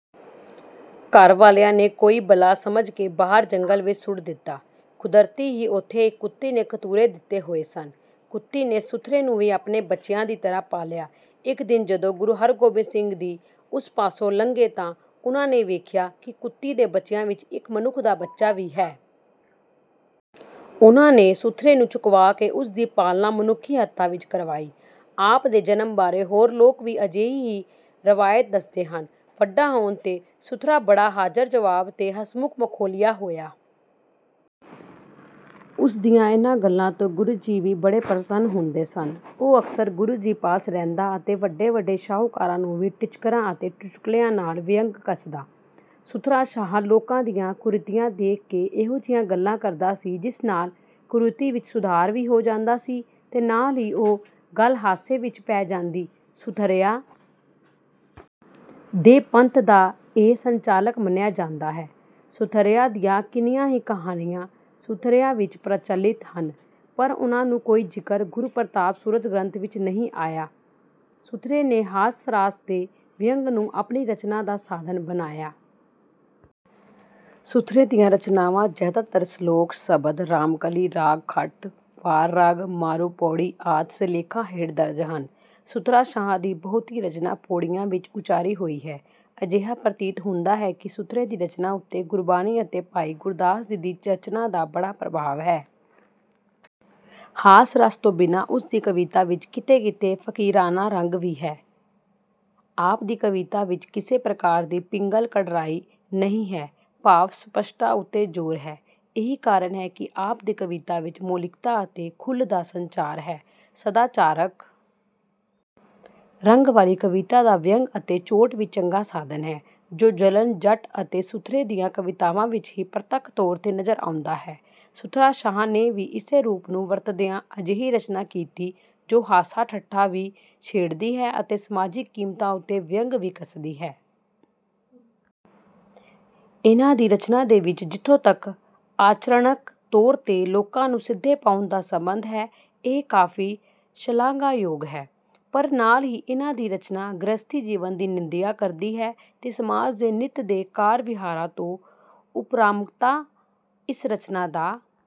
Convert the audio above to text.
ਘਰ ਵਾਲਿਆਂ ਨੇ ਕੋਈ ਬਲਾ ਸਮਝ ਕੇ ਬਾਹਰ ਜੰਗਲ ਵਿੱਚ ਸੁੱਟ ਦਿੱਤਾ। ਕੁਦਰਤੀ ਹੀ ਉੱਥੇ ਇੱਕ ਕੁੱਤੀ ਨੇ ਕਤੂਰੇ ਦਿੱਤੇ ਹੋਏ ਸਨ। ਕੁੱਤੀ ਨੇ ਸੁਥਰੇ ਨੂੰ ਵੀ ਆਪਣੇ ਬੱਚਿਆਂ ਦੀ ਤਰ੍ਹਾਂ ਪਾਲਿਆ। ਇੱਕ ਦਿਨ ਜਦੋਂ ਗੁਰੂ ਹਰਿਗੋਬਿੰਦ ਜੀ ਉਸ ਪਾਸੋਂ ਲੰਘੇ ਤਾਂ ਉਨ੍ਹਾਂ ਨੇ ਵੇਖਿਆ ਕਿ ਕੁੱਤੀ ਦੇ ਬੱਚਿਆਂ ਵਿੱਚ ਇੱਕ ਮਨੁੱਖ ਦਾ ਬੱਚਾ ਵੀ ਹੈ। ਉਨ੍ਹਾਂ ਨੇ ਸੁਥਰੇ ਨੂੰ ਚੁਕਵਾ ਕੇ ਉਸ ਦੀ ਪਾਲਣਾ ਮਨੁੱਖੀ ਹੱਥਾਂ ਵਿੱਚ ਕਰਵਾਈ। ਆਪ ਦੇ ਜਨਮ ਬਾਰੇ ਹੋਰ ਲੋਕ ਵੀ ਅਜਿਹੀ ਹੀ ਰਵਾਇਤ ਦੱਸਦੇ ਹਨ। ਵੱਡਾ ਹੋਣ 'ਤੇ ਸੁਥਰਾ ਬੜਾ ਹਾਜ਼ਰ-ਜਵਾਬ ਤੇ ਹਸਮੁੱਖ ਮਖੌਲੀਆ ਹੋਇਆ। ਉਸ ਦੀਆਂ ਇਨ੍ਹਾਂ ਗੱਲਾਂ ਤੋਂ ਗੁਰੂ ਜੀ ਵੀ ਬੜੇ ਪ੍ਰਸੰਨ ਹੁੰਦੇ ਸਨ। ਉਹ ਅਕਸਰ ਗੁਰੂ ਜੀ ਪਾਸ ਰਹਿੰਦਾ ਅਤੇ ਵੱਡੇ-ਵੱਡੇ ਸ਼ਾਹੂਕਾਰਾਂ ਨੂੰ ਵੀ ਟਿਚਕਰਾਂ ਅਤੇ ਚੁਟਕਲਿਆਂ ਨਾਲ ਵਿਅੰਗ ਕੱਸਦਾ। ਸੁਥਰਾ ਸ਼ਾਹ ਲੋਕਾਂ ਦੀਆਂ ਕੁਰੀਤੀਆਂ ਦੇਖ ਕੇ ਇਹੋ ਜਿਹੀਆਂ ਗੱਲਾਂ ਕਰਦਾ ਸੀ, ਜਿਸ ਨਾਲ ਕੁਰੀਤੀ ਵਿੱਚ ਸੁਧਾਰ ਵੀ ਹੋ ਜਾਂਦਾ ਸੀ ਤੇ ਨਾਲ ਹੀ ਉਹ ਗੱਲ ਹਾਸੇ ਵਿੱਚ ਪੈ ਜਾਂਦੀ। ਸੁਥਰਿਆਂ ਦੇ ਪੰਥ ਦਾ ਇਹ ਸੰਚਾਲਕ ਮੰਨਿਆ ਜਾਂਦਾ ਹੈ। ਸੁਥਰਿਆਂ ਦੀਆਂ ਕਿੰਨੀਆਂ ਹੀ ਕਹਾਣੀਆਂ ਸੁਥਰਿਆਂ ਵਿੱਚ ਪ੍ਰਚਲਿਤ ਹਨ, ਪਰ ਉਨ੍ਹਾਂ ਨੂੰ ਕੋਈ ਜ਼ਿਕਰ "ਗੁਰੂ ਪ੍ਰਤਾਪ ਸੂਰਜ ਗ੍ਰੰਥ" ਵਿੱਚ ਨਹੀਂ ਆਇਆ। ਸੁਥਰੇ ਨੇ ਹਾਸ-ਰਸ ਤੇ ਵਿਅੰਗ ਨੂੰ ਆਪਣੀ ਰਚਨਾ ਦਾ ਸਾਧਨ ਬਣਾਇਆ। ਸੁਥਰੇ ਦੀਆਂ ਰਚਨਾਵਾਂ ਜ਼ਿਆਦਾਤਰ ਸਲੋਕ, ਸ਼ਬਦ, ਰਾਮਕਲੀ, ਰਾਗ ਖਟ, ਵਾਰ-ਰਾਗ ਮਾਰੂ ਪੌੜੀ ਆਦਿ ਸਿਰਲੇਖਾਂ ਹੇਠ ਦਰਜ ਹਨ। ਸੁਥਰਾ ਸ਼ਾਹ ਦੀ ਬਹੁਤੀ ਰਚਨਾ ਪੌੜੀਆਂ ਵਿੱਚ ਉਚਾਰੀ ਹੋਈ ਹੈ। ਅਜਿਹਾ ਪ੍ਰਤੀਤ ਹੁੰਦਾ ਹੈ ਕਿ ਸੁਥਰੇ ਦੀ ਰਚਨਾ ਉੱਤੇ ਗੁਰਬਾਣੀ ਅਤੇ ਭਾਈ ਗੁਰਦਾਸ ਜੀ ਦੀ ਰਚਨਾ ਦਾ ਬੜਾ ਪ੍ਰਭਾਵ ਹੈ। ਹਾਸ-ਰਸ ਤੋਂ ਬਿਨਾਂ ਉਸ ਦੀ ਕਵਿਤਾ ਵਿੱਚ ਕਿਤੇ-ਕਿਤੇ ਫ਼ਕੀਰਾਨਾ ਰੰਗ ਵੀ ਹੈ। ਆਪ ਦੀ ਕਵਿਤਾ ਵਿੱਚ ਕਿਸੇ ਪ੍ਰਕਾਰ ਦੀ ਪਿੰਗਲ ਕਰੜਾਈ ਨਹੀਂ ਹੈ, ਭਾਵ-ਸਪਸ਼ਟਤਾ ਉੱਤੇ ਜ਼ੋਰ ਹੈ। ਇਹੀ ਕਾਰਨ ਹੈ ਕਿ ਆਪ ਦੀ ਕਵਿਤਾ ਵਿੱਚ ਮੌਲਿਕਤਾ ਅਤੇ ਖੁੱਲ੍ਹ ਦਾ ਸੰਚਾਰ ਹੈ। ਸਦਾਚਾਰਕ ਰੰਗ ਵਾਲੀ ਕਵਿਤਾ ਦਾ ਵਿਅੰਗ ਅਤੇ ਚੋਟ ਵੀ ਚੰਗਾ ਸਾਧਨ ਹੈ, ਜੋ ਜੱਲਣ ਜੱਟ ਅਤੇ ਸੁਥਰੇ ਦੀਆਂ ਕਵਿਤਾਵਾਂ ਵਿੱਚ ਹੀ ਪ੍ਰਤੱਖ ਤੌਰ 'ਤੇ ਨਜ਼ਰ ਆਉਂਦਾ ਹੈ। ਸੁਥਰਾ ਸ਼ਾਹ ਨੇ ਵੀ ਇਸੇ ਰੂਪ ਨੂੰ ਵਰਤਦਿਆਂ ਅਜਿਹੀ ਰਚਨਾ ਕੀਤੀ ਜੋ ਹਾਸਾ-ਠੱਠਾ ਵੀ ਛੇੜਦੀ ਹੈ ਅਤੇ ਸਮਾਜਿਕ ਕੀਮਤਾਂ ਉੱਤੇ ਵਿਅੰਗ ਵੀ ਕੱਸਦੀ ਹੈ। ਇਨ੍ਹਾਂ ਦੀ ਰਚਨਾ ਦੇ ਵਿੱਚ ਜਿੱਥੋਂ ਤੱਕ ਆਚਰਣਕ ਤੌਰ 'ਤੇ ਲੋਕਾਂ ਨੂੰ ਸਿੱਧੇ ਪਾਉਣ ਦਾ ਸੰਬੰਧ ਹੈ, ਇਹ ਕਾਫ਼ੀ ਸ਼ਲਾਘਾਯੋਗ ਹੈ। ਪਰ ਨਾਲ ਹੀ ਇਨ੍ਹਾਂ ਦੀ ਰਚਨਾ ਗ੍ਰਹਿਸਤੀ ਜੀਵਨ ਦੀ ਨਿੰਦਿਆ ਕਰਦੀ ਹੈ ਤੇ ਸਮਾਜ ਦੇ ਨਿੱਤ ਦੇ ਕਾਰ-ਵਿਹਾਰਾਂ ਤੋਂ ਉਪਰਾਮਤਾ ਇਸ ਰਚਨਾ ਦਾ...